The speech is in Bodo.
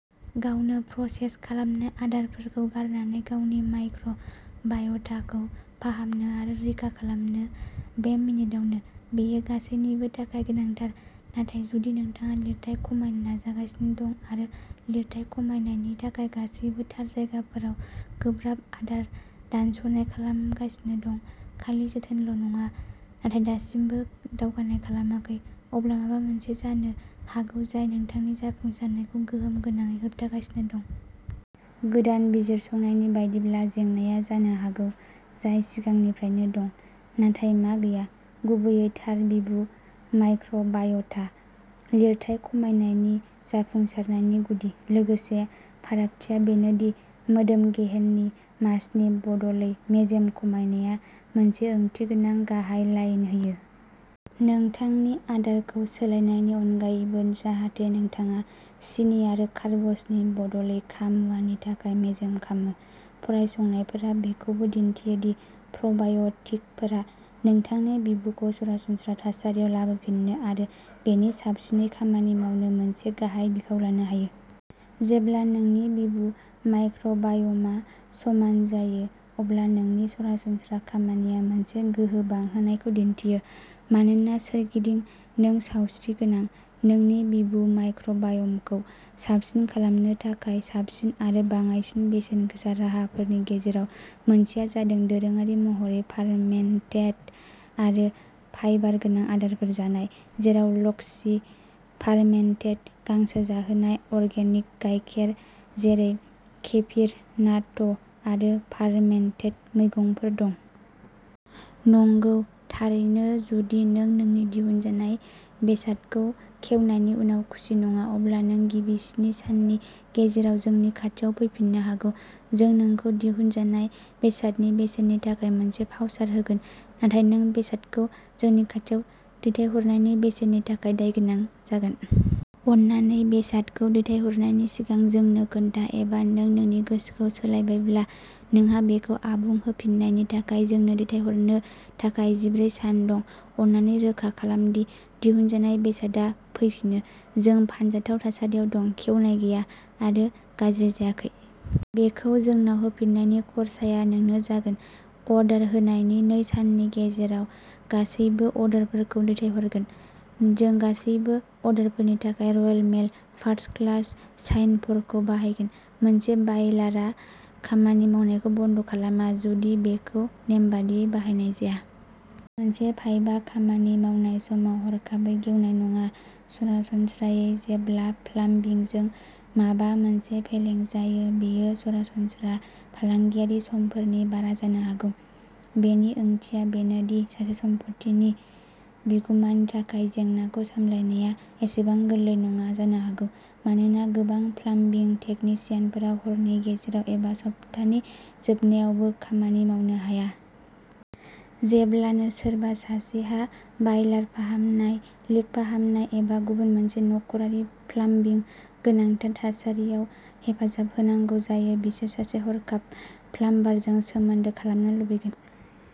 गावनो, प्रसेस खालामनाय आदारफोरखौ गारनानै गावनि माइक्र' बाय'टाखौ फाहामनो आरो रैखा खालामनो, बे मिनिटआवनो। बेयो गासैनिबो थाखाय गोनांथार, नाथाय जुदि नोंथाङा लिरथाइ खमायनो नाजागासिनो दं आरो लिरथाइ खमायनायनि थाखाय गासैबो थार जायगाफोराव गोब्राब आदार दानस'नाय खालामगासिनो दं, खालि जोथोनल' नङा, नाथाय दासिमबो दावगानाय खालामाखै, अब्ला माबा मोनसे जानो हागौ जाय नोंथांनि जाफुंसारनायखौ गोहोम गोनाङै होबथागासिनो दं। गोदान बिजिरसंनायनि बायदिब्ला, जेंनाआ जानो हागौ जाय सिगांनिफ्रायनो दं, नाथाय मा गैया गुबैयै थार बिबु माइक्र' बाय'टा। लिरथाइ खमायनायनि जाफुंसारनायनि गुदि, लोगोसे फारागथिया बेनो दि मोदोम गेहेननि मासनि बदलै मेजेम खमायनाया मोनसे ओंथिगोनां गाहाय लाइन होयो। नोंथांनि आदारखौ सोलायनायनि अनगायैबो जाहाथे नोंथाङा सिनि आरो कार्बसनि बदलै खाम मुवानि थाखाय मेजेम खामो, फरायसंनायफोरा बेखौबो दिन्थियो दि प्र'बाय'टिकफोरा नोंथांनि बिबुखौ सरासनस्रा थासारियाव लाबोफिन्नो आरो बेनि साबसिनै खामानि मावनो मोनसे गाहाय बिफाव लानो हायो। जेब्ला नोंनि बिबु माइक्र'बाय'मआ समान जायो, अब्ला नोंनि सरासनस्रा खामानिया मोनसे गोहो बांहोनायखौ दिन्थियो मानोना सोरगिदिं, नों सावस्रि गोनां। नोंनि बिबु माइक्र' बाय'मखौ साबसिन खालामनो थाखाय साबसिन आरो बाङाइसिन बेसेन गोसा राहाफोरनि गेजेराव मोनसेआ जादों दोरोङारि महरै फार्मेन्टेड आरो फाइबार गोनां आदारफोर जानाय, जेराव लस्सी, फार्मेन्टेड गांसो जाहोनाय अर्गेनिक गायखेर जेरै केफिर, नाट' आरो फार्मेन्टेड मैगंफोर दं। नंगौ थारैनो जुदि नों नोंनि दिहुनजानाय बेसादखौ खेवनायनि उनाव खुसि नङा, अब्ला नों गिबि स्नि साननि गेजेराव जोंनि खाथियाव फैफिननो हागौ, जों नोंखौ दिहुनजानाय बेसादनि बेसेननि थाखाय मोनसे भाउचार होगोन। नाथाय नों बेसादखौ जोंनि खाथियाव दैथायहरनायनि बेसेननि थाखाय दाय गोनां जागोन। अन्नानै बेसादखौ दैथायहरनायनि सिगां जोंनो खोन्था एबा नों नोंनि गोसोखौ सोलायबायब्ला, नोंहा बेखौ आबुं होफिन्नायनि थाखाय जोंनो दैथायहरनो थाखाय जिब्रै सान दं। अन्नानै रोखा खालाम दि दिहुनजानाय बेसादआ फैफिनो। जों फानजाथाव थासारियाव दं, खेवनाय गैया आरो गाज्रि जायाखै। बेखौ जोंनाव होफिन्नायनि खर्साया नोंनो जागोन। अर्डार होनायनि नै साननि गेजेराव गासैबो अर्डारफोरखौ दैथायहरगोन। जों गासैबो अर्डारफोरनि थाखाय Royal Mail first class sign फरखौ बाहायगोन। मोनसे बायलारआ खामानि मावनायखौ बन्द' खालामा जुदि बेखौ नेमबादियै बाहायनाय जाया। मोनसे पाइपआ खामानि मावनाय समाव हरखाबै गेवनाय नङा। सरासनस्रायै, जेब्ला प्लाम्बिंजों माबा मोनसे फेलें जायो, बेयो सरासनस्रा फालांगियारि समफोरनि बारा जानो हागौ। बेनि ओंथिया बेनो दि सासे सम्पथिनि बिगुमानि थाखाय जेंनाखौ सामलायनाया एसेबां गोरलै नङा जानो हागौ मानोना गोबां प्लाम्बिं टेकनिशियानफोरा हरनि गेजेराव एबा सप्तानि जोबनायावबो खामानि मावनो हाया। जेब्लानो सोरबा सासेहा बायलार फाहामनाय, लिक फाहामनाय, एबा गुबुन मोनसे नखरारि प्लाम्बिं गोनांथार थासारियाव हेफाजाब होनांगौ जायो, बिसोर सासे हरखाब प्लाम्बारजों सोमोन्दो खालामनो लुबैगोन।